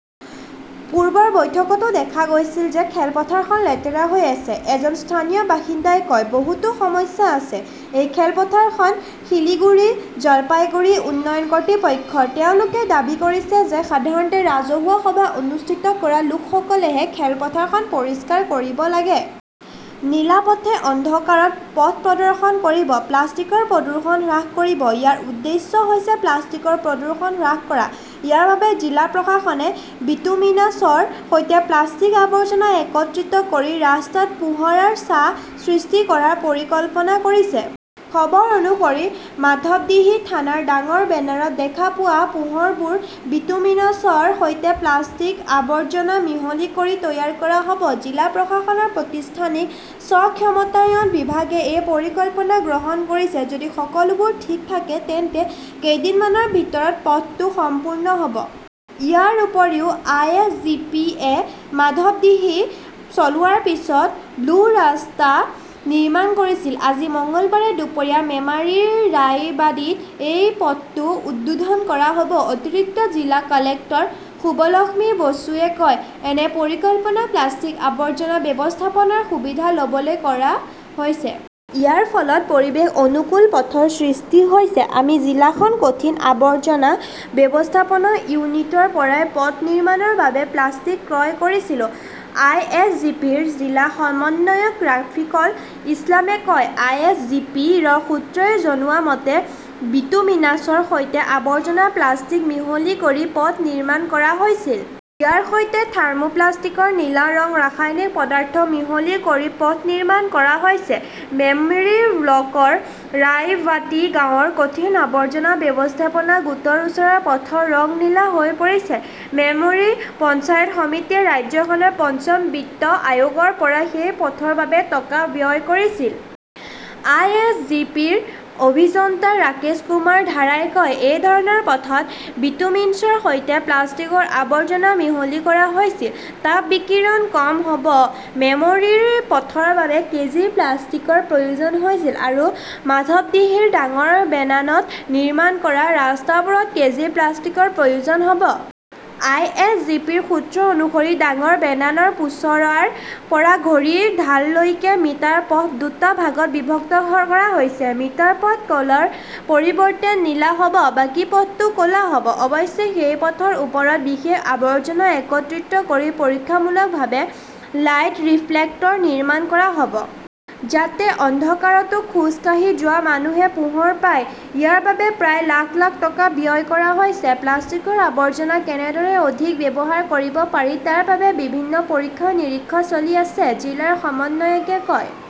"পূৰ্বৰ বৈঠকতো দেখা গৈছিল যে খেলপথাৰখন লেতেৰা হৈ আছে", এজন স্থানীয় বাসিন্দাই কয়। বহুতো সমস্যা আছে। এই খেলপথাৰখন শিলিগুড়ি-জলপাইগুড়ি উন্নয়ন কৰ্তৃপক্ষৰ। তেওঁলোকে দাবী কৰিছে যে সাধাৰণতে ৰাজহুৱা সভা অনুষ্ঠিত কৰা লোকসকলেহে খেলপথাৰখন পৰিষ্কাৰ কৰিব লাগে। 'নীলা পথে' অন্ধকাৰত পথ প্ৰদৰ্শন কৰিব, প্লাষ্টিকৰ প্ৰদূষণ হ্ৰাস কৰিব।‌‌ ইয়াৰ উদ্দেশ্য হৈছে প্লাষ্টিকৰ প্ৰদূষণ হ্ৰাস কৰা। ইয়াৰ বাবে জিলা প্ৰশাসনে বিটুমিনাছৰ সৈতে প্লাষ্টিক-আৱৰ্জনা একত্ৰিত কৰি ৰাস্তাত পোহৰৰ ছাঁ সৃষ্টি কৰাৰ পৰিকল্পনা কৰিছে। খবৰ অনুসৰি, মাধৱদীহি থানাৰ ডাঙৰ বেনাৰত দেখা পোৱা পোহৰবোৰ বিটুমিনছৰ সৈতে প্লাষ্টিক-আৱৰ্জনা মিহলি কৰি তৈয়াৰ কৰা হ 'ব। জিলা প্ৰশাসনৰ প্ৰতিষ্ঠানিক স্ব-ক্ষমতায়ন বিভাগে এই পৰিকল্পনা গ্ৰহণ কৰিছে। যদি সকলোবোৰ ঠিক থাকে, তেন্তে কেইদিনমানৰ ভিতৰতে পথটো সম্পূৰ্ণ হ'ব। ইয়াৰ উপৰিও, আই. এছ. জি. পি. -য়ে মাধৱদীহি চলোৱাৰ পিছত 'ব্লু ৰাস্তা' নিৰ্মাণ কৰিছিল। আজি, মঙলবাৰে দুপৰীয়া মেমাৰীৰ ৰায়বাদীত সেই পথটো উদ্বোধন কৰা হ'ব। অতিৰিক্ত জিলা কালেক্টৰ শুভলক্ষ্মী বসুৱে কয়, "এনে পৰিকল্পনা প্লাষ্টিক-আৱৰ্জনা ব্যৱস্থাপনাৰ সুবিধা ল'বলৈ কৰা হৈছে। ইয়াৰ ফলত পৰিৱেশ অনুকূল পথৰ সৃষ্টি হৈছে। আমি জিলাখনৰ কঠিন আৱৰ্জনা ব্যৱস্থাপনা ইউনিটৰ পৰাই পথ নিৰ্মাণৰ বাবে প্লাষ্টিক ক্ৰয় কৰিছিলো"। আইএছজিপিৰ জিলা সমন্বয়ক ৰাফিকল ইছলামে কয়, "আই. এছ. জি. পি. -ৰ সূত্ৰই জনোৱা মতে, বিটুমিনাছৰ সৈতে আৱৰ্জনা-প্লাষ্টিক মিহলি কৰি পথ নিৰ্মাণ কৰা হৈছিল। ইয়াৰ সৈতে থাৰ্মো-প্লাষ্টিকৰ নীলা ৰং, ৰাসায়নিক পদাৰ্থ মিহলি কৰি পথ নিৰ্মাণ কৰা হৈছে"। মেমৰী ব্লকৰ ৰায়বাটি গাঁৱৰ কঠিন আৱৰ্জনা ব্যৱস্থাপনা গোটৰ ওচৰৰ পথৰ ৰং নীলা হৈ পৰিছে। মেমৰি পঞ্চায়ত সমিতিয়ে ৰাজ্যখনৰ পঞ্চম বিত্ত আয়োগৰ পৰা সেই পথৰ বাবে টকা ব্যয় কৰিছিল। আই. এছ. জি. পি. -ৰ অভিযন্তা ৰাকেশ কুমাৰ ধাৰাই কয়, "এই ধৰণৰ পথত বিটুমিনছৰ সৈতে প্লাষ্টিকৰ আৱৰ্জনা মিহলি কৰা হৈছিল। " তাপ-বিকিৰণ কম হ'ব। মেমৰীৰ পথৰ বাবে কেজি প্লাষ্টিকৰ প্ৰয়োজন হৈছিল। আৰু মাধৱদীহিৰ ডাঙৰ বেনানত নিৰ্মাণ কৰা ৰাস্তাবোৰত কেজি প্লাষ্টিকৰ প্ৰয়োজন হ'ব। আই. এছ. জি. পি. -ৰ সূত্ৰ অনুসৰি, ডাঙৰ বেনানৰ পোচৰাৰ পৰা ঘড়ীৰ ঢাললৈকে মিটাৰ পথ দুটা ভাগত বিভক্ত কৰা হৈছে। মিটাৰ পথ ক'লাৰ পৰিৱৰ্তে নীলা হ'ব। বাকী পথটো ক'লা হ'ব। অৱশ্যে, সেই পথৰ ওপৰত বিশেষ আৱৰ্জনা একত্ৰিত কৰি পৰীক্ষামূলকভাৱে 'লাইট ৰিফ্লেক্টৰ' নিৰ্মাণ কৰা হ'ব। যাতে অন্ধকাৰতো খোজ কাঢ়ি যোৱা মানুহে পোহৰ পায়। ইয়াৰ বাবে প্ৰায় লাখ লাখ টকা ব্যয় কৰা হৈছে। "প্লাষ্টিকৰ আৱৰ্জনা কেনেদৰে অধিক ব্যৱহাৰ কৰিব পাৰি তাৰ বাবে বিভিন্ন পৰীক্ষা-নিৰীক্ষা চলি আছে", জিলাৰ সমন্বয়কে কয়।